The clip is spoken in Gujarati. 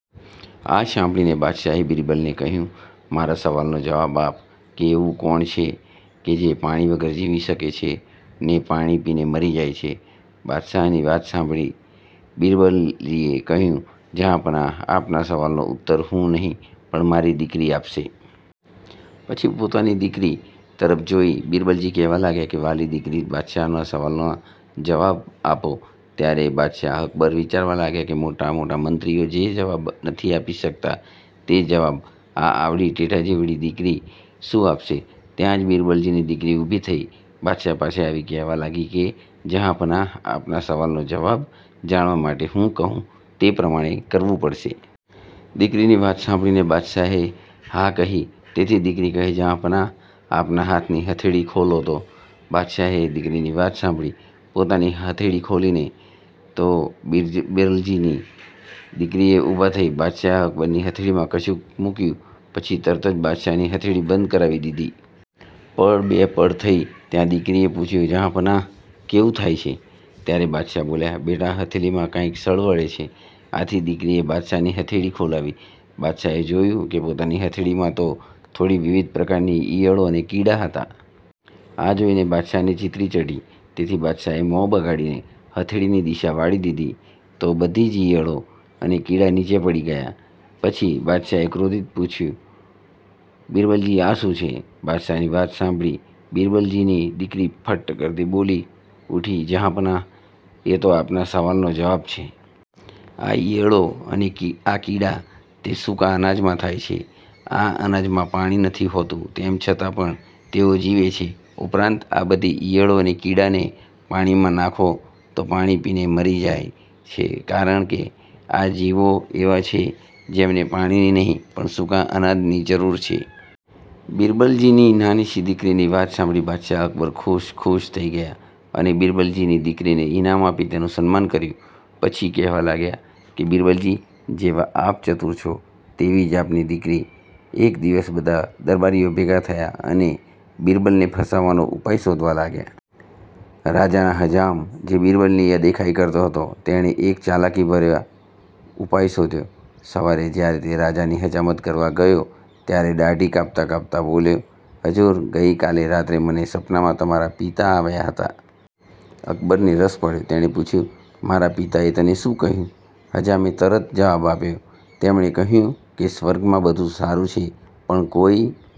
આ સાંભળીને બાદશાહે બિરબલને કહ્યું મારા સવાલનો જવાબ આપ કે એવું કોણ છે જે પાણી વગર જીવી શકે છે ને પાણી પીને મરી જાય છે? બાદશાહની વાત સાંભળીને બિરબલજીએ કહ્યું જહાંપનાહ આપના સવાલનો ઉત્તર હું નહીં પણ મારી દીકરી આપશે. પછી પોતાની દીકરી તરફ જોઈ બિરબલજી કહેવા લાગ્યાં કે વ્હાલી દીકરી બાદશાહનાં સવાલનો જવાબ આપો. ત્યારે બાદશાહ અકબર વિચારવા લાગ્યાં કે મોટા મોટા મંત્રીઑ જે જવાબ નથી આપી શકતાં તે જવાબ આ આવડી ટેટા જેવી દીકરી શું આપશે ત્યાં જ બિરબલજીની દીકરી ઊભી થઈ બાદશાહ પાસે આવી કહેવા લાગી કે જહાંપનાહ આપનાં સવાલનો જવાબ જાણવા માટે હું કહું તે પ્રમાણે કરવું પડશે. દીકરીની વાત સાંભળીને બાદશાહે હા કહી તેથી દીકરી કહે જહાંપનાહ આપનાં હાથની હથેળી ખોલો તો. બાદશાહે દીકરીની વાત સાંભળી પોતાની હથેળી ખોલી તો બિરબલજીની દીકરીએ ઊભા થઈ બાદશાહ અકબરની હથેળીમાં કશુક મૂક્યું પછી તરત જ બાદશાહની હથેળી બંધ કરાવી દીધી. પળ-બે પળ થઈ ત્યાં દીકરીએ પુછ્યું જહાંપનાહ કેવું થાય છે? ત્યારે બાદશાહ બોલ્યા બેટા હથેલીમાં કાંઈક સળવળે છે. આથી દીકરીએ બાદશાહની હથેળી ખોલાવી. બાદશાહે જોયું કે પોતાની હથેળીમાં તો થોડી વિવિધ પ્રકારની ઇયળો અને કીડા હતાં. આ જોઈને બાદશાહને ચીતરી ચઢી તેથી બાદશાહે મ્હોં બગાડીને હથેળીની દિશા વાળી દીધી તો બધી જ ઇયળો અને કીડા નીચે પડી ગયાં પછી બાદશાહે ક્રોધિત પૂછ્યું બિરબલજી આ શું છે? બાદશાહની વાત સાંભળી બિરબલજીની દીકરી ફટ કરતી બોલી ઉઠી જહાંપનાહ એ તો આપના સવાલનો જવાબ છે. આ ઇયળો અને આ કીડા તે સૂકા અનાજમાં થાય છે આ અનાજમાં પાણી નથી હોતું તેમ છતાં પણ તેઓ જીવે છે ઉપરાંત આ બધી ઇયળો અને કીડાને પાણીમાં નાખો તો પાણી પીને મરી જાય છે કારણ કે આ જીવો એવા છે જેમને પાણીની નહીં પણ સૂકા અનાજની જરૂર છે. બિરબલજીની નાનીશી દીકરીની વાત સાંભળી બાદશાહ અકબર ખુશ ખુશ થઈ ગયાં અને બિરબલજીની દીકરીને ઈનામ આપી તેનું સન્માન કર્યું પછી કહેવા લાગ્યાં કે બિરબલજી જેવા આપ ચતુર છો તેવી જ આપની દીકરી.. એક દિવસ બધા દરબારીઓ ભેગા થયા અને બિરબલને ફસાવવાનો ઉપાય શોધવા લાગ્યા. રાજાના હજામ, જે બિરબલની અદેખાઈ કરતો હતો, તેણે એક ચાલાકીભર્યો ઉપાય શોધ્યો. સવારે જ્યારે તે રાજાની હજામત કરવા ગયો, ત્યારે દાઢી કાપતાં કાપતાં બોલ્યો: હજૂર, ગઈકાલે રાત્રે મને સપનામાં તમારા પિતા આવ્યા હતા. અકબરને રસ પડ્યો. તેણે પૂછ્યું: મારા પિતાએ તને શું કહ્યું? હજામે તરત જવાબ આપ્યો: તેમણે કહ્યું કે સ્વર્ગમાં બધું સારું છે, પણ કોઈ